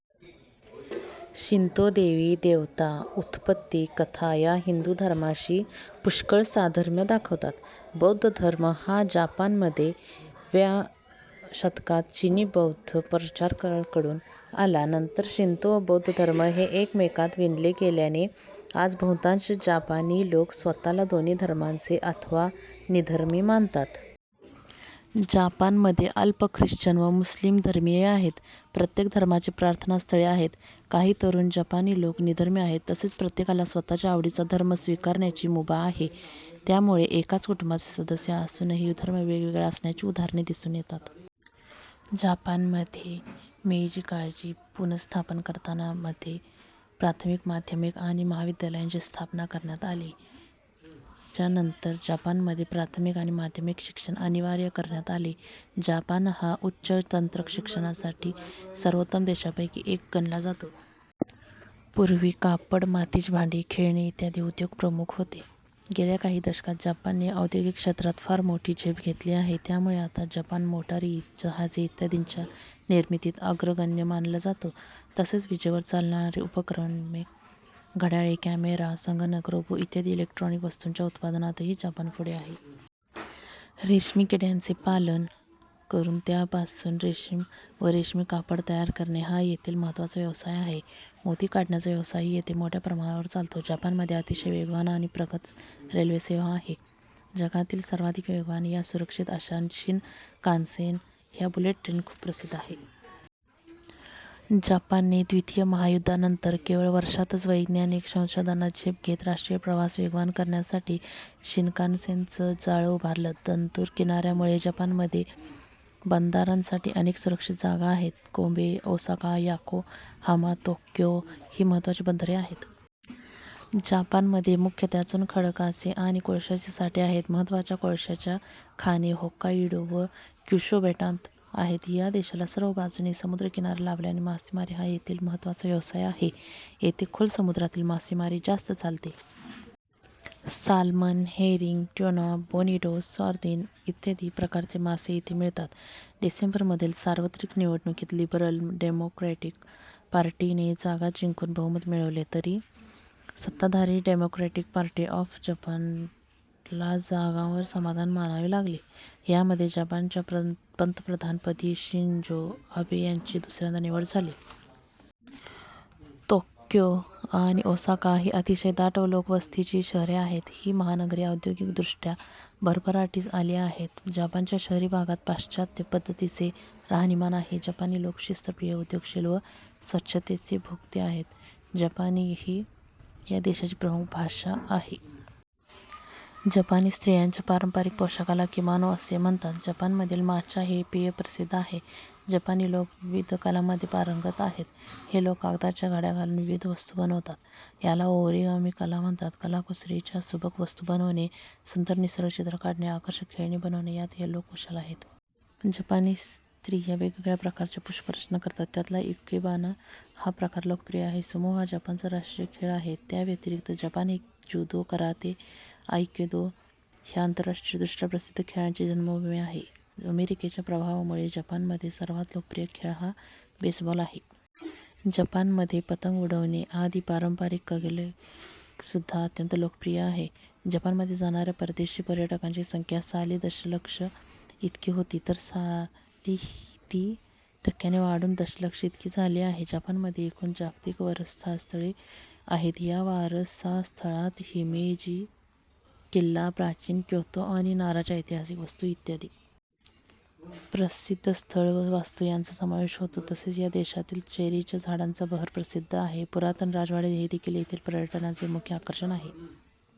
Shinto देवी देवता, उत्पत्ति कथा ह्या हिंदू धर्माशी पुष्कळ साधर्म्य दाखवतात. बौद्ध धर्म हा जपान मध्ये व्या शतकात चीनी बौद्ध प्रचारकाकडून आला. नंतर शिंतो व बौद्ध धर्म हे एकमेकात विणले गेल्याने आज बहुतांश जपानी लोक स्वतःला दोन्ही धर्मांचे अथवा निधर्मी मानतात. जपानमध्ये अल्प ख्रिश्चन व मुस्लिम धर्मीयही आहेत. प्रत्येक धर्माची प्रार्थनास्थळे आहेत. काही तरुण जपानी लोक निधर्मी आहेत तसेच प्रत्येकाला स्वतःच्या आवडीचा धर्म स्वीकारण्याची मुभा आहे. त्यामुळे एकाच कुटुंबाचे सदस्य असूनही धर्म वेगवेगळा असण्याची उदाहरणे दिसून येतात. जापान मध्ये मेइजि काळाची पुनःस्थापन करताना मध्ये प्राथमिक, माध्यमिक आणि महाविद्यलयांची स्थापना करण्यात आली. च्या नंतर जापान मध्ये प्राथमिक आणि माध्यमिक शिक्षण अनिवार्य करण्यात आले. जापान हा उच्च तंत्रशिक्षणासाठी सर्वोत्तम देशांपैकी एक गणला जातो। पूर्वी कापड, मातीची भांडी, खेळणी इत्यादी उद्योग प्रमुख होते. गेल्या काही दशकात जपानने औद्योगिक क्षेत्रात फार मोठी झेप घेतली आहे. त्यामुळे आता जापान मोटारी, जहाजे इत्यादींच्या निर्मितीत अग्रगण्य मानला जातो. तसेच विजेवर चालणारी उपकरणे, घड्याळे, कॅमेरा, संगणक, रोबो इत्यादी इलेक्ट्रोनिक वस्तूंच्या उत्पादनातही जापान पुढे आहे. रेशमी किड्यांचे पालन करून त्यापासून रेशीम व रेशमी कापड तयार करणे हा येथील महत्त्वाचा व्यवसाय आहे. मोती काढण्याचा व्यवसायही येथे मोठ्या प्रमाणावर चालतो. जपानमध्ये अतिशय वेगवान आणि प्रगत रेल्वेसेवा आहे. जगातील सर्वाधिक वेगवान या सुरक्षित अश्या शिनकानसेन ह्या बुलेट ट्रेन खूप प्रसिद्ध आहे. जपान ने द्वितीय महायुद्धा नंतर केवळ वर्षातच वैज्ञानिक संशोधनात झेप घेत राष्ट्रीय प्रवास वेगवान करण्यासाठी, शिनकानसेनचं जाळं उभारलं. दंतुर किनाऱ्यामुळे जपानमध्ये बंदारांसाठी अनेक सुरक्षित जागा आहेत. कोबे, ओसाका, याकोहामा, तोक्यो ही महत्त्वाची बंदरे आहेत. जपानमध्ये मुख्यतः चुनखडकाचे आणि कोळशाचे साठे आहेत. महत्त्वाच्या कोळशाच्या खाणी होक्काइडो व क्युशु बेटांत आहेत. या देशाला सर्व बाजूनी समुद्रकिनारा लाभल्याने मासेमारी हा येथील महत्त्वाचा व्यवसाय आहे. येथे खोल समुद्रातील मासेमारी जास्त चालते. Salmon, herring, tuna, bonito, sardine इत्यादी प्रकारचे मासे येथे मिळतात. डिसेंबर मधील सार्वत्रिक निवडणुकीत लिबरल डेमोक्रॅटिक पार्टीने जागा जिंकून बहुमत मिळविले; तरी सत्ताधारी डेमोक्रॅटिक पार्टी ऑफ जपानला जागांवर समाधान मानावे लागले. यामध्ये जपानच्या पंतप्रधानपदी शिंझो अबे यांची दुसऱ्यांदा निवड झाली. तोक्यो आणि ओसाका ही अतिशय दाट लोकवस्तीची शहरे आहेत. ही महानगरे औद्योगिक दृष्ट्या भरभराटीस आली आहेत. जपानच्या शहरी भागात पाश्चात्य पद्धतीचे राहणीमान आहे. जपानी लोक शिस्तप्रिय, उद्योगशील व स्वच्छतेचे भोक्ते आहेत. जपानी ही या देशाची प्रमुख भाषा आहे. जपानी स्त्रियांच्या पारंपारिक पोशाखाला किमानो असे म्हणतात. जपानमधील माचा हे पेय प्रसिद्ध आहे. जपानी लोक विविध कलांमध्ये पारंगत आहेत. हे लोक कागदाच्या घड्या घालून विविध वस्तू बनवतात. याला ओरिगामी कला म्हणतात. कलाकुसरीच्या सुबक वस्तू बनवणे, सुंदर निसर्ग चित्र काढणे, आकर्षक खेळणी बनवणे यांत हे लोक कुशल आहेत. जपानी स्त्रिया वेगवेगळ्या प्रकारच्या पुष्परचना करतात. त्यातला इकेबाना हा प्रकार लोकप्रिय आहे. सुमो हा जपानचा राष्ट्रीय खेळ आहे. त्या व्यतिरिक्त जपान हे ज्यूदो, कराते, आइकिदो ह्या आंतरराष्ट्रीय दृष्ट्या प्रसिद्ध खेळांची जन्मभूमी आहे. अमेरिकेच्या प्रभावामुळे जपान मध्ये सर्वात लोकप्रिय खेळ हा बेसबॉल आहे. जपानमध्ये पतंग उडवणे आदि पारंपरिक कगेले सुद्धा अत्यंत लोकप्रिय आहेत. जपानमध्ये जाणाऱ्या परदेशी पर्यटकांची संख्या साली दशलक्ष इतकी होती तर साली ती टक्क्यांनी वाढून दशलक्ष इतकी झाली आहे. जपानमध्ये एकूण जागतिक वारसास्थळे आहेत, या वारसास्थळात हिमेजी किल्ला, प्राचीन क्योतो आणि नाराच्या ऐतिहासिक वास्तू इत्यादी. प्रसिद्ध स्थळ व वास्तू यांचा समावेश होतो. तसेच या देशातील चेरीच्या झाडांचा बहर प्रसिद्ध आहे. पुरातन राजवाडे हेदेखील येथील पर्यटनाचे मुख्य आकर्षण आहे.